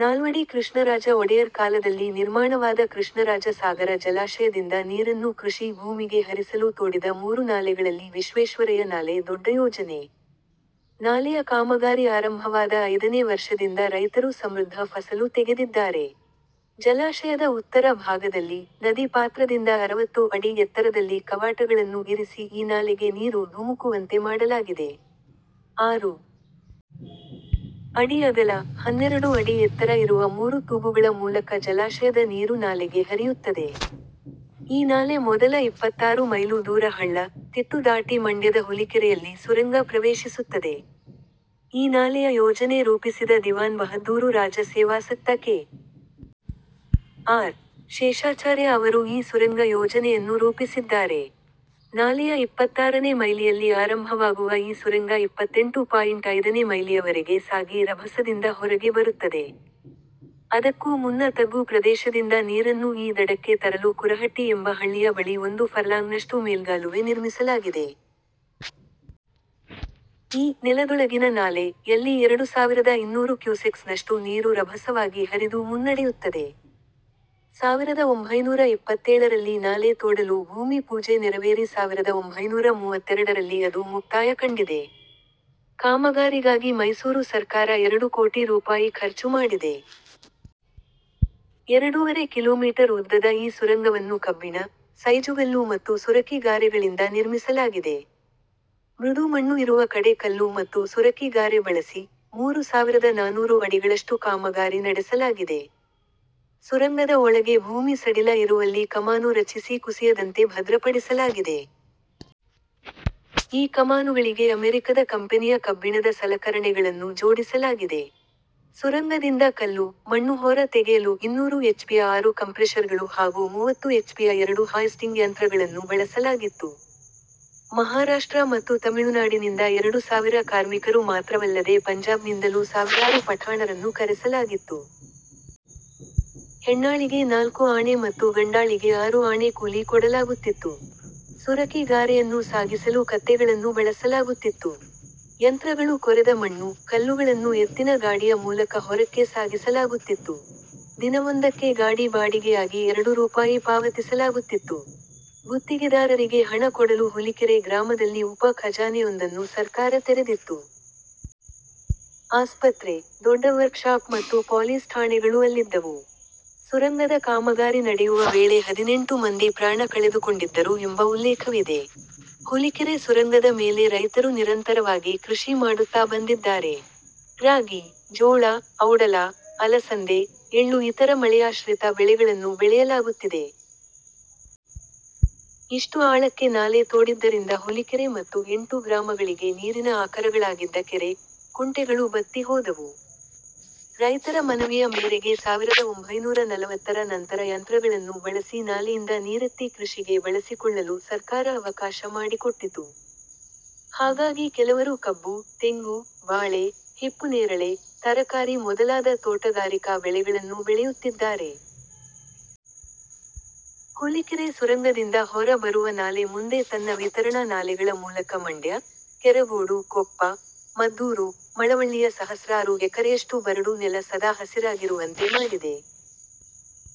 ನಾಲ್ವಡಿ ಕೃಷ್ಣರಾಜ ಒಡೆಯರ್ ಕಾಲದಲ್ಲಿ ನಿರ್ಮಾಣವಾದ ಕೃಷ್ಣರಾಜ ಸಾಗರ ಜಲಾಶಯದಿಂದ ನೀರನ್ನು ಕೃಷಿ ಭೂಮಿಗೆ ಹರಿಸಲು ತೋಡಿದ ಮೂರು ನಾಲೆಗಳಲ್ಲಿ ವಿಶ್ವೇಶ್ವರಯ್ಯ ನಾಲೆ ದೊಡ್ಡ ಯೋಜನೆ. ನಾಲೆಯ ಕಾಮಗಾರಿ ಆರಂಭವಾದ ಐದನೇ ವರ್ಷದಿಂದ ರೈತರು ಸಮೃದ್ಧ ಫಸಲು ತೆಗೆದಿದ್ದಾರೆ. ಜಲಾಶಯದ ಉತ್ತರ ಭಾಗದಲ್ಲಿ, ನದಿ ಪಾತ್ರದಿಂದ ಅರವತ್ತು ಅಡಿ ಎತ್ತರದಲ್ಲಿ ಕವಾಟಗಳನ್ನು ಇರಿಸಿ ಈ ನಾಲೆಗೆ ನೀರು ಧುಮುಕುವಂತೆ ಮಾಡಲಾಗಿದೆ. ಆರು ಅಡಿ ಅಗಲ, ಹನ್ನೆರಡು ಅಡಿ ಎತ್ತರ ಇರುವ ಮೂರು ತೂಬುಗಳ ಮೂಲಕ ಜಲಾಶಯದ ನೀರು ನಾಲೆಗೆ ಹರಿಯುತ್ತದೆ. ಈ ನಾಲೆ ಮೊದಲ ಇಪ್ಪತ್ತಾರು ಮೈಲು ದೂರ ಹಳ್ಳ, ತಿಟ್ಟು ದಾಟಿ ಮಂಡ್ಯದ ಹುಲಿಕೆರೆಯಲ್ಲಿ ಸುರಂಗ ಪ್ರವೇಶಿಸುತ್ತದೆ. ಈ ನಾಲೆಯ ಯೋಜನೆ ರೂಪಿಸಿದ ದಿವಾನ್ ಬಹದ್ದೂರು ರಾಜ ಸೇವಾಸಕ್ತ ಕೆ. ಆರ್. ಶೇಷಾಚಾರ್ಯ ಅವರು ಈ ಸುರಂಗ ಯೋಜನೆಯನ್ನು ರೂಪಿಸಿದ್ದಾರೆ. ನಾಲೆಯ ಇಪ್ಪತ್ತಾರನೇ ಮೈಲಿಯಲ್ಲಿ ಆರಂಭವಾಗುವ ಈ ಸುರಂಗ ಇಪ್ಪತ್ತೆಂಟು ಪಾಯಿಂಟ್ ಐದನೇ ಮೈಲಿಯವರೆಗೆ ಸಾಗಿ ರಭಸದಿಂದ ಹೊರಗೆ ಬರುತ್ತದೆ. ಅದಕ್ಕೂ ಮುನ್ನ ತಗ್ಗು ಪ್ರದೇಶದಿಂದ ನೀರನ್ನು ಈ ದಡಕ್ಕೆ ತರಲು ಕುರಹಟ್ಟಿ ಎಂಬ ಹಳ್ಳಿಯ ಬಳಿ ಒಂದು ಫರ್ಲಾಂಗ್ನಷ್ಟು ಮೇಲ್ಗಾಲುವೆ ನಿರ್ಮಿಸಲಾಗಿದೆ. ಈ 'ನೆಲದೊಳಗಿನ ನಾಲೆ'ಯಲ್ಲಿ ಎರಡು ಸಾವಿರದ ಇನ್ನೂರು ಕ್ಯೂಸೆಕ್ಸ್ ನಷ್ಟು ನೀರು ರಭಸವಾಗಿ ಹರಿದು ಮುನ್ನಡೆಯುತ್ತದೆ. ಸಾವಿರದ ಒಂಭೈನೂರ ಇಪ್ಪತ್ತೇಳರಲ್ಲಿ ನಾಲೆ ತೋಡಲು ಭೂಮಿ ಪೂಜೆ ನೆರವೇರಿ ಸಾವಿರದ ಒಂಭೈನೂರ ಮೂವತ್ತೆರಡರಲ್ಲಿ ಅದು ಮುಕ್ತಾಯ ಕಂಡಿದೆ. ಕಾಮಗಾರಿಗಾಗಿ ಮೈಸೂರು ಸರ್ಕಾರ ಎರಡು ಕೋಟಿ ರೂಪಾಯಿ ಖರ್ಚು ಮಾಡಿದೆ. ಎರಡೂವರೆ ಕಿಲೋಮೀಟರ್ ಉದ್ದದ ಈ ಸುರಂಗವನ್ನು ಕಬ್ಬಿಣ, ಸೈಜುಗಲ್ಲು ಮತ್ತು ಸುರಕಿ ಗಾರೆಗಳಿಂದ ನಿರ್ಮಿಸಲಾಗಿದೆ. ಮೃದು ಮಣ್ಣು ಇರುವ ಕಡೆ ಕಲ್ಲು ಮತ್ತು ಸುರಕಿ ಗಾರೆ ಬಳಸಿ, ಮೂರು ಸಾವಿರದ ನಾನೂರು ಅಡಿಗಳಷ್ಟು ಕಾಮಗಾರಿ ನಡೆಸಲಾಗಿದೆ. ಸುರಂಗದ ಒಳಗೆ ಭೂಮಿ ಸಡಿಲ ಇರುವಲ್ಲಿ ಕಮಾನು ರಚಿಸಿ ಕುಸಿಯದಂತೆ ಭದ್ರಪಡಿಸಲಾಗಿದೆ. ಈ ಕಮಾನುಗಳಿಗೆ ಅಮೆರಿಕದ ಕಂಪೆನಿಯ ಕಬ್ಬಿಣದ ಸಲಕರಣೆಗಳನ್ನು ಜೋಡಿಸಲಾಗಿದೆ. ಸುರಂಗದಿಂದ ಕಲ್ಲು, ಮಣ್ಣು ಹೊರ ತೆಗೆಯಲು ಇನ್ನೂರು ಎಚ್ಪಿಯ ಆರು ಕಂಪ್ರೆಷರ್ಗಳು ಹಾಗೂ ಮೂವತ್ತು ಎಚ್ಪಿಯ ಎರಡು ಹಾಯ್ ಸ್ಟಿಂಗ್ ಯಂತ್ರಗಳನ್ನು ಬಳಸಲಾಗಿತ್ತು. ಮಹಾರಾಷ್ಟ್ರ ಮತ್ತು ತಮಿಳುನಾಡಿನಿಂದ ಎರಡು ಸಾವಿರ ಕಾರ್ಮಿಕರು ಮಾತ್ರವಲ್ಲದೆ ಪಂಜಾಬ್ನಿಂದಲೂ ಸಾವಿರಾರು ಪಠಾಣರನ್ನು ಕರೆಸಲಾಗಿತ್ತು. ಹೆಣ್ಣಾಳಿಗೆ ನಾಲ್ಕು ಆಣೆ ಮತ್ತು ಗಂಡಾಳಿಗೆ ಆರು ಆಣೆ ಕೂಲಿ ಕೊಡಲಾಗುತ್ತಿತ್ತು. ಸುರಕಿ ಗಾರೆಯನ್ನು ಸಾಗಿಸಲು ಕತ್ತೆಗಳನ್ನು ಬಳಸಲಾಗುತ್ತಿತ್ತು. ಯಂತ್ರಗಳು ಕೊರೆದ ಮಣ್ಣು, ಕಲ್ಲುಗಳನ್ನು ಎತ್ತಿನ ಗಾಡಿಯ ಮೂಲಕ ಹೊರಕ್ಕೆ ಸಾಗಿಸಲಾಗುತ್ತಿತ್ತು. ದಿನವೊಂದಕ್ಕೆ ಗಾಡಿ ಬಾಡಿಗೆಯಾಗಿ ಎರಡು ರೂಪಾಯಿ ಪಾವತಿಸಲಾಗುತ್ತಿತ್ತು. ಗುತ್ತಿಗೆದಾರರಿಗೆ ಹಣ ಕೊಡಲು ಹುಲಿಕೆರೆ ಗ್ರಾಮದಲ್ಲಿ ಉಪ ಖಜಾನೆಯೊಂದನ್ನು ಸರ್ಕಾರ ತೆರೆದಿತ್ತು. ಆಸ್ಪತ್ರೆ, ದೊಡ್ಡ ವರ್ಕ್ ಶಾಪ್ ಮತ್ತು ಪೊಲೀಸ್ ಠಾಣೆಗಳೂ ಅಲ್ಲಿದ್ದವು. ಸುರಂಗದ ಕಾಮಗಾರಿ ನಡೆಯುವ ವೇಳೆ ಹದಿನೆಂಟು ಮಂದಿ ಪ್ರಾಣ ಕಳೆದುಕೊಂಡಿದ್ದರು ಎಂಬ ಉಲ್ಲೇಖವಿದೆ. ಹುಲಿಕೆರೆ ಸುರಂಗದ ಮೇಲೆ ರೈತರು ನಿರಂತರವಾಗಿ ಕೃಷಿ ಮಾಡುತ್ತಾ ಬಂದಿದ್ದಾರೆ. ರಾಗಿ, ಜೋಳ, ಔಡಲ, ಅಲಸಂದೆ, ಎಳ್ಳು ಇತರ ಮಳೆಯಾಶ್ರಿತ ಬೆಳೆಗಳನ್ನು ಬೆಳೆಯಲಾಗುತ್ತಿದೆ. ಇಷ್ಟು ಆಳಕ್ಕೆ ನಾಲೆ ತೋಡಿದ್ದರಿಂದ ಹುಲಿಕೆರೆ ಮತ್ತು ಎಂಟು ಗ್ರಾಮಗಳಿಗೆ ನೀರಿನ ಆಕರಗಳಾಗಿದ್ದ ಕೆರೆ, ಕುಂಟೆಗಳು ಬತ್ತಿ ಹೋದವು. ರೈತರ ಮನವಿಯ ಮೇರೆಗೆ ಸಾವಿರದ ಒಂಭೈನೂರ ನಲವತ್ತರ ನಂತರ ಯಂತ್ರಗಳನ್ನು ಬಳಸಿ ನಾಲೆಯಿಂದ ನೀರೆತ್ತಿ ಕೃಷಿಗೆ ಬಳಸಿಕೊಳ್ಳಲು ಸರ್ಕಾರ ಅವಕಾಶ ಮಾಡಿಕೊಟ್ಟಿತು. ಹಾಗಾಗಿ ಕೆಲವರು ಕಬ್ಬು, ತೆಂಗು, ಬಾಳೆ, ಹಿಪ್ಪುನೇರಳೆ, ತರಕಾರಿ ಮೊದಲಾದ ತೋಟಗಾರಿಕಾ ಬೆಳೆಗಳನ್ನೂ ಬೆಳೆಯುತ್ತಿದ್ದಾರೆ. ಹುಲಿಕೆರೆ ಸುರಂಗದಿಂದ ಹೊರ ಬರುವ ನಾಲೆ ಮುಂದೆ ತನ್ನ ವಿತರಣಾ ನಾಲೆಗಳ ಮೂಲಕ ಮಂಡ್ಯ, ಕೆರಗೋಡು, ಕೊಪ್ಪ, ಮದ್ದೂರು, ಮಳವಳ್ಳಿಯ ಸಹಸ್ರಾರು ಎಕರೆಯಷ್ಟು ಬರಡು ನೆಲ ಸದಾ ಹಸಿರಾಗಿರುವಂತೆ ಮಾಡಿದೆ.